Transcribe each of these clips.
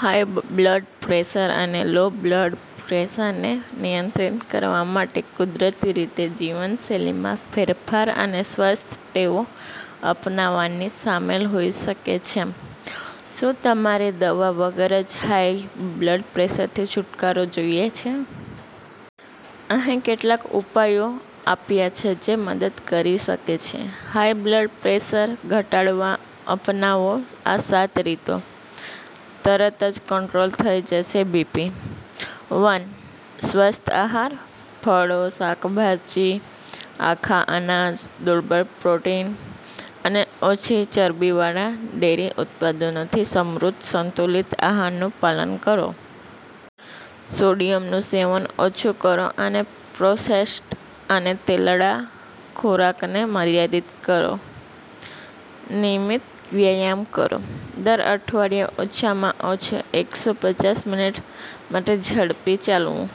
High blood pressure અને low blood pressure ને નિયંત્રિત કરવા માટે કુદરતી રીતે જીવનશૈલીમાં ફેરફાર અને સ્વસ્થ ટેવો અપનાવવી સામેલ હોઈ શકે છે. શું તમારે દવા વગર જ હાઈ બ્લડ પ્રેશરથી છૂટકારો જોઈએ છે? અહીં કેટલાક ઉપાયો આપ્યા છે જે મદદ કરી શકે છે: હાઈ બ્લડ પ્રેશર ઘટાડવા અપનાવો આ સાત રીતો, તરત જ કંટ્રોલ થઈ જશે બીપી. વન. સ્વસ્થ આહાર: ફળો, શાકભાજી, આખા અનાજ, દુર્બળ પ્રોટીન અને ઓછી ચરબીવાળા ડેરી ઉત્પાદનોથી સમૃદ્ધ સંતુલિત આહારનું પાલન કરો. સોડિયમ નું સેવન ઓછું કરો અને પ્રોસેસ્ડ અને તળેલા ખોરાકને મર્યાદિત કરો. નિયમિત વ્યાયામ કરો: દર અઠવાડિયે ઓછામાં ઓછી એક સો પચાસ મિનિટ માટે ઝડપી ચાલવું,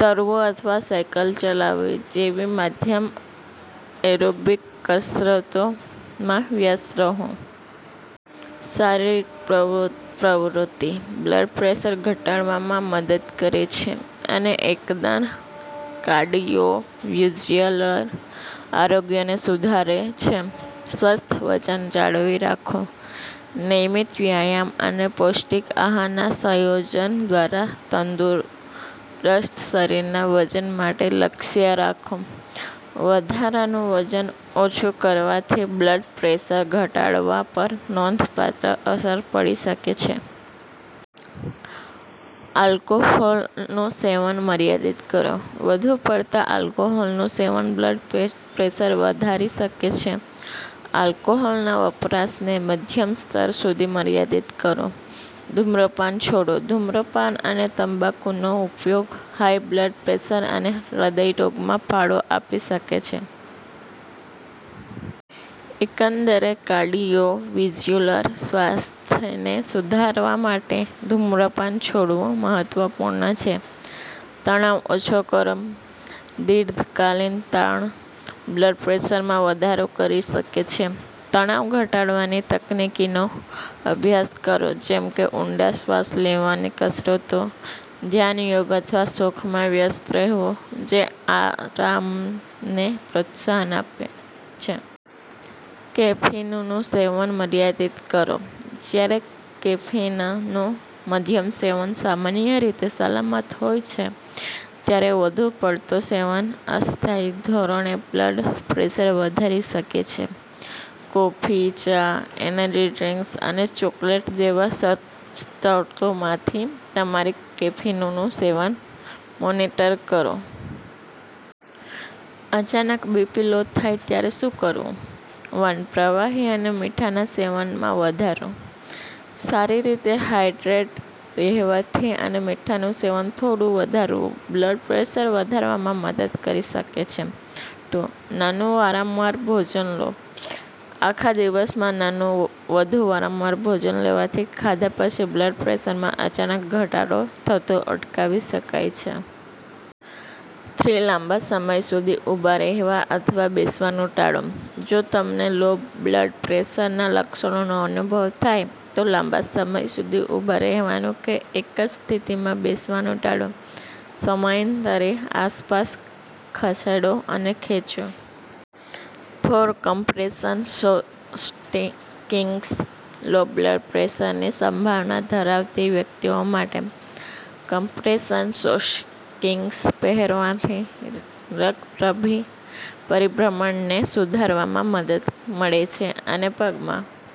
તરવું અથવા સાયકલ ચલાવવી જેવી મધ્યમ એરોબિક કસરતોમાં વ્યસ્ત રહો. શારીરિક પ્રવૃત્તિ બ્લડ પ્રેશર ઘટાડવામાં મદદ કરે છે અને એકંદર કાર્ડિયોવેસ્ક્યુલર આરોગ્યને સુધારે છે. સ્વસ્થ વજન જાળવી રાખો: નિયમિત વ્યાયામ અને પૌષ્ટિક આહારના સંયોજન દ્વારા તંદુરસ્ત શરીરના વજન માટે લક્ષ્ય રાખો. વધારાનું વજન ઓછું કરવાથી બ્લડ પ્રેશર ઘટાડવા પર નોંધપાત્ર અસર પડી શકે છે. આલ્કોહોલનું સેવન મર્યાદિત કરો: વધુ પડતા આલ્કોહોલનું સેવન બ્લડ પ્રેશર વધારી શકે છે. આલ્કોહોલના વપરાશને મધ્યમ સ્તર સુધી મર્યાદિત કરો. ધૂમ્રપાન છોડો: ધૂમ્રપાન અને તમાકુનો ઉપયોગ હાઈ બ્લડ પ્રેશર અને હૃદય રોગમાં ફાળો આપી શકે છે. એકંદર કાર્ડિયોવેસ્ક્યુલર સ્વાસ્થ્યને સુધારવા માટે ધૂમ્રપાન છોડવું મહત્વપૂર્ણ છે. તણાવ ઓછો કરો: દીર્ઘકાલીન તાણ બ્લડ પ્રેશરમાં વધારો કરી શકે છે. તણાવ-ઘટાડવાની તકનીકોનો અભ્યાસ કરો જેમ કે ઊંડા શ્વાસ લેવાની કસરતો, ધ્યાન, યોગ અથવા શોખમાં વ્યસ્ત રહેવું જે આરામને પ્રોત્સાહન આપે છે. કેફીનનું સેવન મર્યાદિત કરો: જ્યારે કેફીનનું મધ્યમ સેવન સામાન્ય રીતે સલામત હોય છે, ત્યારે વધુ પડતું સેવન અસ્થાયી ધોરણે બ્લડ પ્રેશર વધારી શકે છે. કોફી, ચા, એનર્જી ડ્રિંક્સ અને ચોકલેટ જેવા સ્ત્રોતોમાંથી તમારા કેફીનનું સેવન મોનિટર કરો. અચાનક બીપી લો થાય ત્યારે શું કરવું? વન. પ્રવાહી અને મીઠાના સેવનમાં વધારો: સારી રીતે હાઇડ્રેટેડ રહેવાથી અને મીઠાનું સેવન થોડું વધારવું બ્લડ પ્રેશર વધારવામાં મદદ કરી શકે છે. ટુ. નાનું, વારંવાર ભોજન લો: આખા દિવસમાં નાનું, વધુ વારંવાર ભોજન લેવાથી ખાધા પછી બ્લડ પ્રેશરમાં અચાનક ઘટાડો થતો અટકાવી શકાય છે. થ્રી. લાંબા સમય સુધી ઊભા રહેવા અથવા બેસવાનું ટાળો: જો તમને લો બ્લડ પ્રેશરનાં લક્ષણોનો અનુભવ થાય, તો લાંબા સમય સુધી ઊભા રહેવાનું કે એક જ સ્થિતિમાં બેસવાનું ટાળો. સમયાંતરે આસપાસ ખસેડો અને ખેંચો. Four. Compression stockings: low blood પ્રેશરની સંભાવના ધરાવતી વ્યક્તિઓ માટે, કમ્પ્રેશન સ્ટોકિંગ્સ પહેરવાથી રક્ત પરિભ્રમણને સુધારવામાં મદદ મળે છે અને પગમાં